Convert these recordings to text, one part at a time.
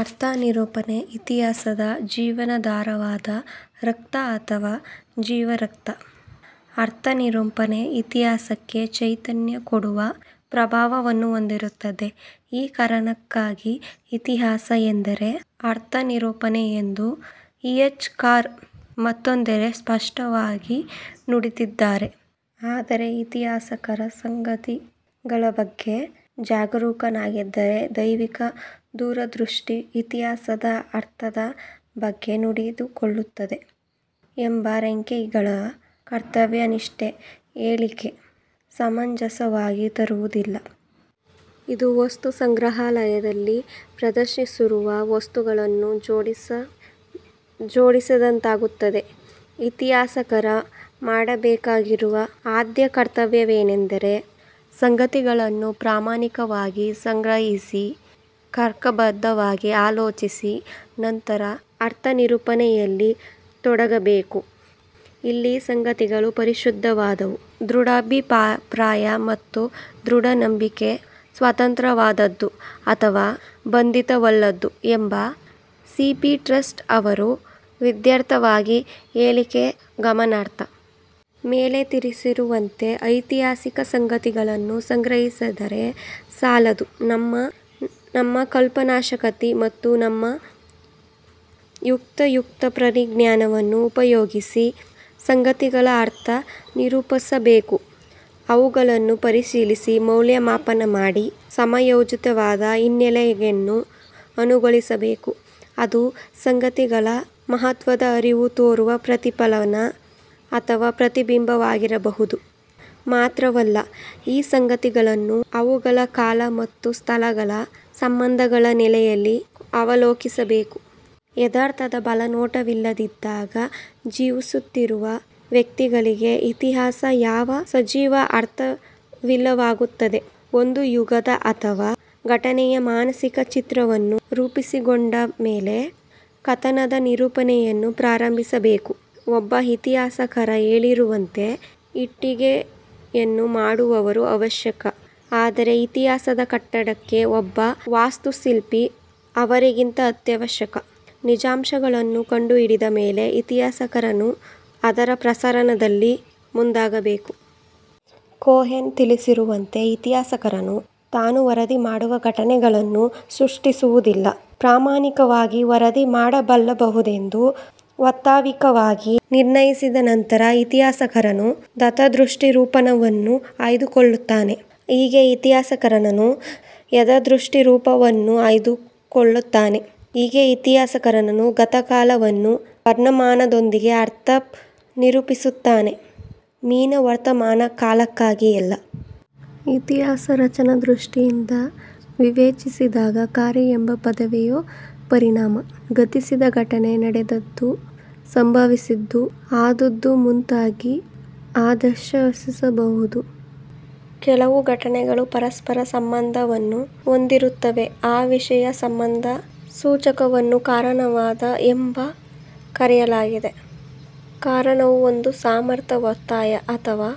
ಅರ್ಥನಿರೂಪಣೆ ಇತಿಹಾಸದ ಜೀವನಾಧಾರವಾದ ರಕ್ತ ಅಥವಾ ಜೀವರಕ್ತ. ಅರ್ಥನಿರೂಪಣೆ ಇತಿಹಾಸಕ್ಕೆ ಚೈತನ್ಯ ಕೊಡುವ ಪ್ರಭಾವವನ್ನು ಹೊಂದಿರುತ್ತದೆ. ಈ ಕಾರಣಕ್ಕಾಗಿ ಇತಿಹಾಸ ಎಂದರೆ ಅರ್ಥನಿರೂಪಣೆ ಎಂದು ಇ. ಎಚ್. ಕಾರ್ ಮತ್ತೊಂದೆಡೆ ಸ್ಪಷ್ಟವಾಗಿ ನುಡಿದಿದ್ದಾರೆ. ಆದರೆ ಇತಿಹಾಸಕಾರ ಸಂಗತಿಗಳಬಗ್ಗೆ ಜಾಗರೂಕನಾಗಿದ್ದರೆ ದೈವಿಕ ದೂರದೃಷ್ಟಿ ಇತಿಹಾಸದ ಅರ್ಥದ ಬಗ್ಗೆ ನೋಡಿಕೊಳ್ಳುತ್ತದೆ ಎಂಬ ರಾಂಕೆಯವರ ಕರ್ತವ್ಯನಿಷ್ಠ ಹೇಳಿಕೆ ಸಮಂಜಸವಾಗಿ ತೋರುವುದಿಲ್ಲ. ಇದು ವಸ್ತುಸಂಗ್ರಹಾಲಯದಲ್ಲಿ ಪ್ರದರ್ಶಿಸಿರುವ ವಸ್ತುಗಳನ್ನು ಜೋಡಿಸದಂತಾಗುತ್ತದೆ. ಇತಿಹಾಸಕಾರ ಮಾಡಬೇಕಾಗಿರುವ ಆದ್ಯ ಕರ್ತವ್ಯವೆಂದರೆ ಸಂಗತಿಗಳನ್ನು ಪ್ರಾಮಾಣಿಕವಾಗಿ ಸಂಗ್ರಹಿಸಿ, ತರ್ಕಬದ್ಧವಾಗಿ ಆಲೋಚಿಸಿ, ನಂತರ ಅರ್ಥನಿರೂಪಣೆಯಲ್ಲಿ ತೊಡಗಬೇಕು. ಇಲ್ಲಿ ಸಂಗತಿಗಳು ಪರಿಶುದ್ಧವಾದವು, ದೃಢಾಭಿಪ್ರಾಯ ಅಥವಾ ದೃಢನಂಬಿಕೆ ಸ್ವತಂತ್ರವಾದುದು ಅಥವಾ ಬಂಧಿತವಲ್ಲದ್ದು ಎಂಬ ಸಿ. ಪಿ. ಸ್ಕಾಟ್ ಅವರ ವಿಧ್ಯುಕ್ತವಾದ ಹೇಳಿಕೆ ಗಮನಾರ್ಹ. ಮೇಲೆ ತಿಳಿಸಿರುವಂತೆ ಐತಿಹಾಸಿಕ ಸಂಗತಿಗಳನ್ನು ಸಂಗ್ರಹಿಸಿದರೆ ಸಾಲದು. ನಮ್ಮ ಕಲ್ಪನಾಶಕತಿ ಮತ್ತು ನಮ್ಮ ಯುಕ್ತಾಯುಕ್ತ ಪರಿಜ್ಞಾನವನ್ನು ಉಪಯೋಗಿಸಿ ಸಂಗತಿಗಳ ಅರ್ಥ ನಿರೂಪಿಸಬೇಕು. ಅವುಗಳನ್ನು ಪರಿಶೀಲಿಸಿ, ಮೌಲ್ಯಮಾಪನ ಮಾಡಿ, ಸಮಯೋಚಿತ ವಾದ ಹಿನ್ನೆಲೆಯಲ್ಲಿ ಅನುಗೊಳಿಸಬೇಕು. ಅದು ಸಂಗತಿಗಳ ಮಹತ್ವದ ಅರಿವು ತೋರುವ ಪ್ರತಿಫಲನ ಅಥವಾ ಪ್ರತಿಬಿಂಬವಾಗಿರಬೇಕು. ಮಾತ್ರವಲ್ಲ, ಈ ಸಂಗತಿಗಳನ್ನು ಅವುಗಳ ಕಾಲ ಮತ್ತು ಸ್ಥಳಗಳ ಸಂಬಂಧಗಳ ನೆಲೆಯಲ್ಲಿ ಅವಲೋಕಿಸಬೇಕು. ಯಥಾರ್ಥದ ಒಳನೋಟವಿಲ್ಲದಿದ್ದಾಗ ಜೀವಿಸುತ್ತಿರುವ ವ್ಯಕ್ತಿಗಳಿಗೆ ಇತಿಹಾಸ ಯಾವ ಸಜೀವ ಅರ್ಥವಿಲ್ಲವಾಗುತ್ತದೆ. ಒಂದು ಯುಗದ ಅಥವಾ ಘಟನೆಯ ಮಾನಸಿಕ ಚಿತ್ರವನ್ನು ರೂಪಿಸಿಕೊಂಡ ಮೇಲೆ ಕಥನದ ನಿರೂಪಣೆಯನ್ನು ಪ್ರಾರಂಭಿಸಬೇಕು. ಒಬ್ಬ ಇತಿಹಾಸಕಾರ ಹೇಳಿರುವಂತೆ ಇಟ್ಟಿಗೆಯನ್ನು ಮಾಡುವವರು ಅವಶ್ಯಕ, ಆದರೆ ಇತಿಹಾಸದ ಕಟ್ಟಡಕ್ಕೆ ಒಬ್ಬ ವಾಸ್ತುಶಿಲ್ಪಿ ಅವರಿಗಿಂತ ಅತ್ಯಾವಶ್ಯಕ. ನಿಜಾಂಶಗಳನ್ನು ಕಂಡುಹಿಡಿದ ಮೇಲೆ ಇತಿಹಾಸಕಾರನು ಅದರ ಪ್ರಸರಣದಲ್ಲಿ ಮುಂದಾಗಬೇಕು. ಕೋಹೆನ್ ತಿಳಿಸಿರುವಂತೆ, ಇತಿಹಾಸಕಾರನು ತಾನು ವರದಿ ಮಾಡುವ ಘಟನೆಗಳನ್ನು ಸೃಷ್ಟಿಸುವುದಿಲ್ಲ. ಪ್ರಾಮಾಣಿಕವಾಗಿ ವರದಿ ಮಾಡಬಲ್ಲನೆಂಬುದನ್ನು ವಾಸ್ತವಿಕವಾಗಿ ನಿರ್ಣಯಿಸಿದ ನಂತರ ಇತಿಹಾಸಕಾರನು ಯಥಾದೃಷ್ಟ ರೂಪಣವನ್ನು ಆಯ್ದುಕೊಳ್ಳುತ್ತಾನೆ. ಹೀಗೆ ಇತಿಹಾಸಕಾರನು ಯಥಾದೃಷ್ಟ ರೂಪಣವನ್ನು ಆಯ್ದು ಕೊಳ್ಳುತ್ತಾನೆ. ಹೀಗೆ ಇತಿಹಾಸಕಾರನು ಗತಕಾಲವನ್ನು ವರ್ತಮಾನದೊಂದಿಗೆ ಅರ್ಥ ನಿರೂಪಿಸುತ್ತಾನೆಯೇ ವಿನಾ ವರ್ತಮಾನ ಕಾಲಕ್ಕಾಗಿಯಲ್ಲ. ಇತಿಹಾಸ ರಚನಾದೃಷ್ಟಿಯಿಂದ ವಿವೇಚಿಸಿದಾಗ ಕಾರ್ಯ ಎಂಬ ಪದವಿಯನ್ನು ಪರಿಣಾಮ, ಗತಿಸಿದ ಘಟನೆ, ನಡೆದದ್ದು, ಸಂಭವಿಸಿದ್ದು, ಆದುದು ಮುಂತಾಗಿ ಆರ್ಥೈಸಬಹುದು. ಕೆಲವು ಘಟನೆಗಳು ಪರಸ್ಪರ ಸಂಬಂಧವನ್ನು ಹೊಂದಿರುತ್ತವೆ. ಈ ವಿಶೇಷ ಸಂಬಂಧ ಸೂಚಕವನ್ನು ಕಾರಣವಾದ ಎಂದು ಕರೆಯಲಾಗಿದೆ. ಕಾರಣವು ಒಂದು ಸಮರ್ಥ ಒತ್ತಾಯ ಅಥವಾ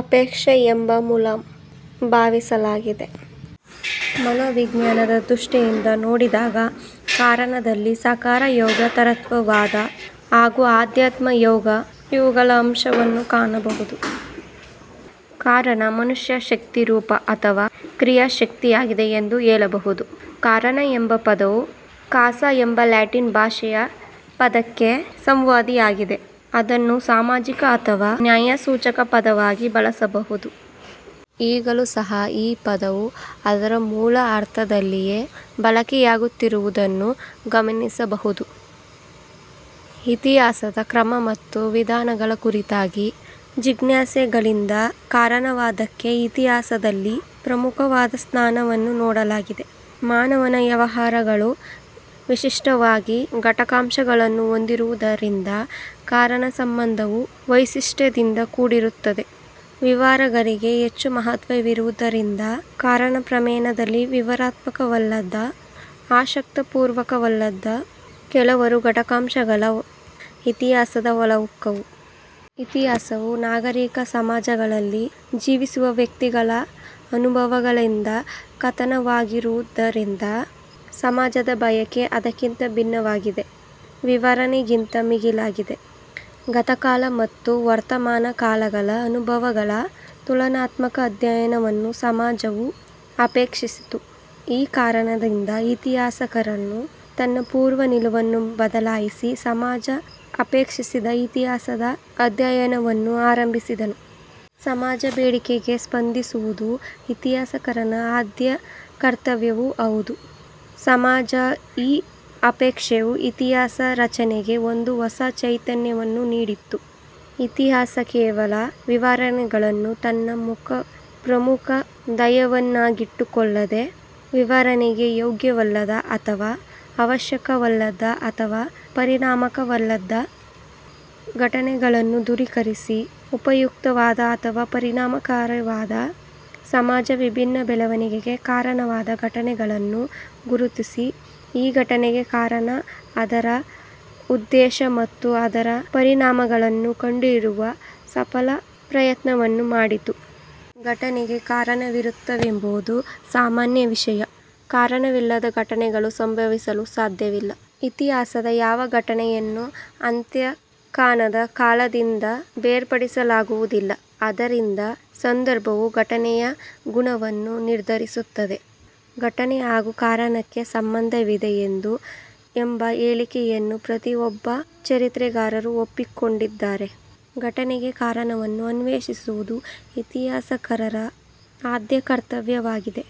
ಅಪೇಕ್ಷೆ ಎಂದು ಮೂಲತಃ ಭಾವಿಸಲಾಗಿದೆ. ಮನೋವಿಜ್ಞಾನದ ದೃಷ್ಟಿಯಿಂದ ನೋಡಿದಾಗ ಕಾರಣದಲ್ಲಿ ಸಕಾರೇತ್ವರತ್ವವಾದ ಹಾಗೂ ಅಧ್ಯಾತ್ಮ ಯೋಗ ಇವುಗಳ ಅಂಶವನ್ನು ಕಾನಬಹುದು. ಕಾರಣ, ಮನುಷ್ಯ ಶಕ್ತಿರೂಪ ಅಥವ ಕ್ರಿಯಾಶಕ್ತಿಯಾಗಿದೆ ಎಂದು ಹೇಳಬಹುದು. "ಕಾರಣ" ಎಂಬ ಪದವು "ಕಾಸ" ಎಂಬ ಲ್ಯಾಟಿನ್ ಭಾಷೆಯ ಪದಕ್ಕೆ ಸಂವಾದಿಯಾಗಿದೆ. ಅದನ್ನು ಸಾಮಾಜಿಕ ಅಥವಾ ನ್ಯಾಯಸೂಚಕ ಪದವಾಗಿ ಬಳಸಲಾಗುತ್ತಿತ್ತು. ಈಗಲೂ ಸಹ ಈ ಪದವು ಅದರ ಮೂಲ ಅರ್ಥದಲ್ಲಿಯೇ ಬಳಕೆಯಾಗುತ್ತಿರುವುದನ್ನು ಗಮನಿಸಬಹುದಾಗಿದೆ. ಇತಿಹಾಸದ ಕ್ರಮ ಅಥವ ವಿಧಾನಗಳನ್ನು ಕುರಿತಾದ ಜಿಜ್ಞಾಸೆಗಳಿಂದ ಕಾರಣವಾದಕ್ಕೆ ಇತಿಹಾಸದಲ್ಲಿ ಪ್ರಮುಖವಾದ ಸ್ಥಾನವನ್ನು ನೀಡಲಾಗಿದೆ. ಮಾನವನ ವ್ಯವಹಾರಗಳು ವಿಶಿಷ್ಟವಾದ ಘಟಕಾಂಶಗಳನ್ನು ಹೊಂದಿರುವುದರಿಂದ ಕಾರಣ ಸಂಬಂಧವೂ ವೈಶಿಷ್ಟ್ಯದಿಂದ ಕೂಡಿರುತ್ತದೆ. ವಿವರಗಳಿಗೆ ಹೆಚ್ಚು ಮಹತ್ವವಿರುವುದರಿಂದ, ಕಾಲ ಕ್ರಮೇಣದಲ್ಲಿ ವಿವರಣಾತ್ಮಕವಲ್ಲದ, ಆಸಕ್ತಪೂರ್ಣವಲ್ಲದ ಹಲವಾರು ಘಟಕಾಂಶಗಳು ಇತಿಹಾಸದ ಒಳಹೊಕ್ಕವು. ಇತಿಹಾಸವು ನಾಗರಿಕ ಸಮಾಜಗಳಲ್ಲಿ ಜೀವಿಸುವ ವ್ಯಕ್ತಿಗಳ ಅನುಭವಗಳಿಂದ ಕಥನವಾಗಿರುವುದರಿಂದ, ಸಮಾಜದ ಬಯಕೆ ಇದಕ್ಕಿಂತ ಭಿನ್ನವಾಗಿತ್ತು. ವಿವರಣೆಗಿಂತ ಮಿಗಿಲಾಗಿ, ಗತಕಾಲ ಮತ್ತು ವರ್ತಮಾನ ಕಾಲಗಳ ಅನುಭವಗಳ ತುಲನಾತ್ಮಕ ಅಧ್ಯಯನವನ್ನು ಸಮಾಜವು ಅಪೇಕ್ಷಿಸಿತು. ಈ ಕಾರಣದಿಂದ ಇತಿಹಾಸಕಾರನು ತನ್ನ ಪೂರ್ವ ನಿಲುವನ್ನು ಬದಲಾಯಿಸಿ ಸಮಾಜ ಅಪೇಕ್ಷಿಸಿದ ಇತಿಹಾಸದ ಅಧ್ಯಯನವನ್ನು ಪ್ರಾರಂಭಿಸಿದನು. ಸಮಾಜದ ಬೇಡಿಕೆಗಳಿಗೆ ಸ್ಪಂದಿಸುವುದು ಇತಿಹಾಸಕಾರನ ಆದ್ಯ ಕರ್ತವ್ಯವೂ ಹೌದು. ಸಮಾಜದ ಈ ಅಪೇಕ್ಷೆಯು ಇತಿಹಾಸ ರಚನೆಗೆ ಒಂದು ಹೊಸ ಚೈತನ್ಯವನ್ನು ನೀಡಿತು. ಇತಿಹಾಸ ಕೇವಲ ವಿವರಣೆಯನ್ನೇ ತನ್ನ ಪ್ರಮುಖ ಧ್ಯೇಯವನ್ನಾಗಿಟ್ಟುಕೊಳ್ಳದೆ, ವಿವರಣೆಗೆ ಯೋಗ್ಯವಲ್ಲದ, ಅಥವ ಅವಶ್ಯಕವಲ್ಲದ ಅಥವ ಪರಿಣಾಮಕಾರವಲ್ಲದ ಘಟನೆಗಳನ್ನು ದೂರೀಕರಿಸಿ, ಉಪಯುಕ್ತವಾದ ಅಥವ ಪರಿಣಾಮಕಾರಿಯಾದ, ಸಮಾಜದ ವಿಭಿನ್ನ ಬೆಳವಣಿಗೆಗೆ ಕಾರಣವಾದ ಘಟನೆಗಳನ್ನು ಗುರುತಿಸಿ, ಆ ಘಟನೆಗೆ ಕಾರಣ, ಅದರ ಉದ್ದೇಶ ಮತ್ತು ಅದರ ಪರಿಣಾಮಗಳನ್ನು ಕಂಡುಹಿಡಿಯುವ ಸಫಲ ಪ್ರಯತ್ನವನ್ನು ಮಾಡಿತು. ಘಟನೆಗೆ ಕಾರಣವಿರುತ್ತದೆಂಬುದು ಸಾಮಾನ್ಯ ವಿಷಯ. ಕಾರಣವಿಲ್ಲದ ಘಟನೆಗಳು ಸಂಭವಿಸಲು ಸಾಧ್ಯವಿಲ್ಲ. ಇತಿಹಾಸದ ಯಾವ ಘಟನೆಯನ್ನೂ ಅಂತ್ಯ ಕಾಣದ ಕಾಲದಿಂದ ಬೇರ್ಪಡಿಸಲಾಗುವುದಿಲ್ಲ. ಆದ್ದರಿಂದ ಸಂದರ್ಭವು ಘಟನೆಯ ಗುಣವನ್ನು ನಿರ್ದರಿಸುತ್ತದೆ. ಘಟನೆ ಹಾಗೂ ಕಾರಣಕ್ಕೆ ಸಂಬಂಧವಿದೆ ಎಂಬ ಹೇಳಿಕೆಯನ್ನು ಪ್ರತಿಯೊಬ್ಬ ಚರಿತ್ರೆಕಾರರೂ ಒಪ್ಪಿಕೊಂಡಿದ್ದಾರೆ. ಘಟನೆಗೆ ಕಾರಣವನ್ನು ಅನ್ವೇಷಿಸುವುದು ಇತಿಹಾಸಕಾರರ ಆದ್ಯ ಕರ್ತವ್ಯವಾಗಿದೆ.